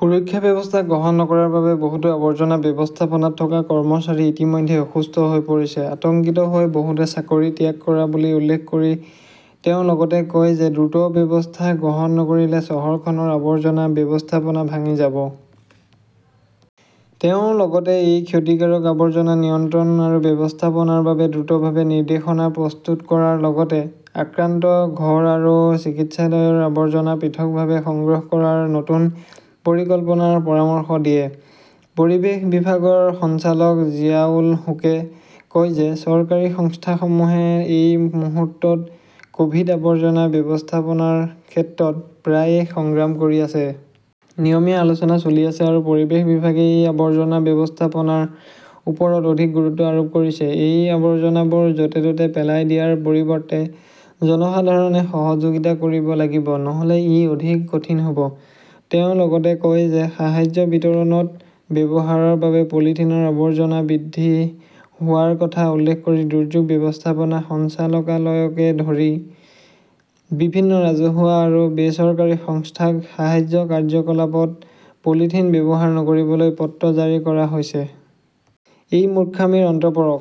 সুৰক্ষা ব্যৱস্থা গ্ৰহণ নকৰাৰ বাবে বহুতো আৱৰ্জনা ব্যৱস্থাপনাত থকা কৰ্মচাৰী ইতিমধ্যে অসুস্থ হৈ পৰিছে। আতংকিত হৈ বহুতে চাকৰি ত্যাগ কৰা বুলি উল্লেখ কৰি তেওঁ লগতে কয় যে দ্ৰুত ব্যৱস্থা গ্ৰহণ নকৰিলে চহৰখনৰ আৱৰ্জনা ব্যৱস্থাপনা ভাঙি যাব। তেওঁ লগতে এই ক্ষতিকাৰক আৱৰ্জনা নিয়ন্ত্ৰণ আৰু ব্যৱস্থাপনাৰ বাবে দ্ৰুতভাৱে নিৰ্দেশনা প্ৰস্তুত কৰাৰ লগতে আক্ৰান্ত ঘৰ আৰু চিকিৎসালয়ৰ আৱৰ্জনা পৃথকভাৱে সংগ্ৰহ কৰাৰ নতুন পৰিকল্পনাৰ পৰামৰ্শ দিয়ে। পৰিৱেশ বিভাগৰ সঞ্চালক জিয়াউল হুকে কয় যে চৰকাৰী সংস্থাসমূহে এই মুহূৰ্তত ক'ভিড আৱৰ্জনা ব্যৱস্থাপনাৰ ক্ষেত্ৰত প্ৰায়ে সংগ্ৰাম কৰি আছে। নিয়মীয়া আলোচনা চলি আছে আৰু পৰিৱেশ বিভাগে এই আৱৰ্জনা ব্যৱস্থাপনাৰ ওপৰত অধিক গুৰুত্ব আৰোপ কৰিছে। এই আৱৰ্জনাবোৰ য'তে ত'তে পেলাই দিয়াৰ পৰিৱৰ্তে জনসাধাৰণে সহযোগিতা কৰিব লাগিব। নহ'লে ই অধিক কঠিন হ'ব। তেওঁ লগতে কয় যে সাহায্য বিতৰণত ব্যৱহাৰৰ বাবে পলিথিনৰ আৱৰ্জনা বৃদ্ধি হোৱাৰ কথা উল্লেখ কৰি দুৰ্যোগ ব্যৱস্থাপনা সঞ্চালকালয়কে ধৰি বিভিন্ন ৰাজহুৱা আৰু বেচৰকাৰী সংস্থাক সাহায্য কাৰ্যকলাপত পলিথিন ব্যৱহাৰ নকৰিবলৈ পত্ৰ জাৰি কৰা হৈছে। এই মূৰ্খামিৰ অন্ত পৰক।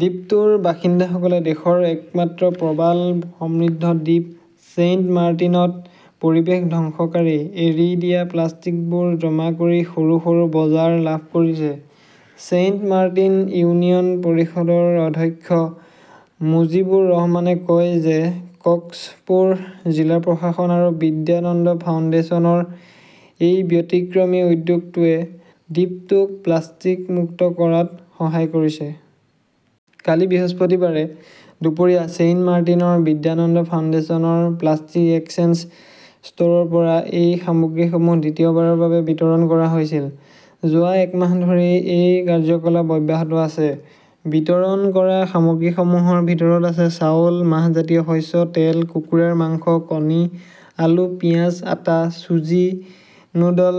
দ্বীপটোৰ বাসিন্দাসকলে দেশৰ একমাত্ৰ প্ৰবাল সমৃদ্ধ দ্বীপ ছেইণ্টমাৰ্টিনত পৰিৱেশ ধ্বংসকাৰী। এৰি দিয়া প্লাষ্টিকবোৰ জমা কৰি সৰু সৰু বজাৰ লাভ কৰিছে। ছেইণ্টমাৰ্টিন ইউনিয়ন পৰিষদৰ অধ্যক্ষ মুজিবুৰ ৰহমানে কয় যে কক্সপুৰ জিলা প্ৰশাসন আৰু বিদ্যানন্দ ফাউণ্ডেশ্যনৰ এই ব্যতিক্ৰমী উদ্যোগটোৱে দ্বীপটোক প্লাষ্টিক মুক্ত কৰাত সহায় কৰিছে। কালি বৃহস্পতিবাৰে দুপৰীয়া ছেইণ্টমাৰ্টিনৰ বিদ্যানন্দ ফাউণ্ডেশ্যনৰ "প্লাষ্টিক এক্সচেঞ্জ" ষ্ট'ৰৰ পৰা এই সামগ্ৰীসমূহ দ্বিতীয়বাৰৰ বাবে বিতৰণ কৰা হৈছিল। যোৱা এক মাহ ধৰি এই কাৰ্যকলাপ অব্যাহত আছে। বিতৰণ কৰা সামগ্ৰীসমূহৰ ভিতৰত আছে-চাউল, মাহজাতীয় শস্য, তেল, কুকুৰাৰ মাংস, কণী, আলু, পিয়াজ, আটা, চুজি, নুডল,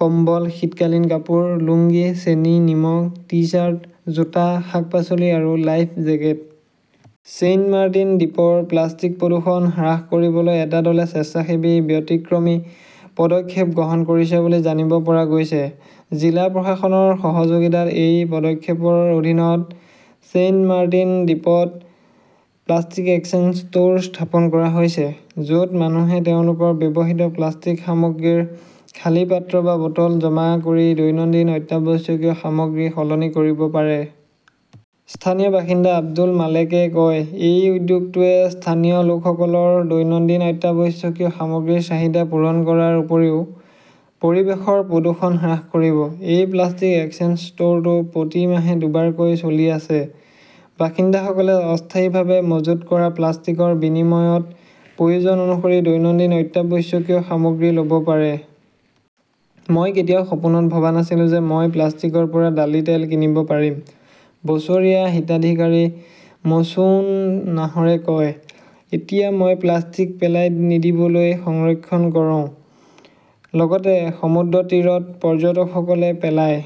কম্বল, শীতকালীন কাপোৰ, লুঙ্গি, চেনি, নিমখ, টি-চাৰ্ট, জোতা, শাক-পাচলি আৰু লাইফ জেকেট। ছেইণ্টমাৰ্টিন দ্বীপৰ প্লাষ্টিক প্ৰদূষণ হ্ৰাস কৰিবলৈ এটা দলে স্বেচ্ছাসেৱী ব্যতিক্ৰমী পদক্ষেপ গ্ৰহণ কৰিছে বুলি জানিব পৰা গৈছে। জিলা প্ৰশাসনৰ সহযোগিতাত এই পদক্ষেপৰ অধীনত ছেইণ্টমাৰ্টিন দ্বীপত প্লাষ্টিক এক্সচেঞ্জ ষ্ট'ৰ স্থাপন কৰা হৈছে, য'ত মানুহে তেওঁলোকৰ ব্যৱহৃত প্লাষ্টিক সামগ্ৰীৰ খালী পাত্ৰ বা বটল জমা কৰি দৈনন্দিন অত্যাৱশ্যকীয় সামগ্ৰী সলনি কৰিব পাৰে। স্থানীয় বাসিন্দা আব্দুল মালেকে কয়, "এই উদ্যোগটোৱে স্থানীয় লোকসকলৰ দৈনন্দিন অত্যাৱশ্যকীয় সামগ্ৰীৰ চাহিদা পূৰণ কৰাৰ উপৰিও পৰিৱেশৰ প্ৰদূষণ হ্ৰাস কৰিব"। এই প্লাষ্টিক এক্সচেঞ্জ ষ্ট'ৰটো প্ৰতি মাহে দুবাৰকৈ চলি আছে। বাসিন্দাসকলে অস্থায়ীভাৱে মজুত কৰা প্লাষ্টিকৰ বিনিময়ত প্ৰয়োজন অনুসৰি দৈনন্দিন অত্যাৱশ্যকীয় সামগ্ৰী ল'ব পাৰে। "মই কেতিয়াও সপোনত ভবা নাছিলো যে মই প্লাষ্টিকৰ পৰা ডালি তেল কিনিব পাৰিম", বছৰীয়া হিতাধিকাৰী মুছুউন নাহৰে কয়। এতিয়া মই প্লাষ্টিক পেলাই নিদিবলৈ সংৰক্ষণ কৰোঁ। লগতে সমুদ্ৰতীৰত পৰ্যটকসকলে পেলাই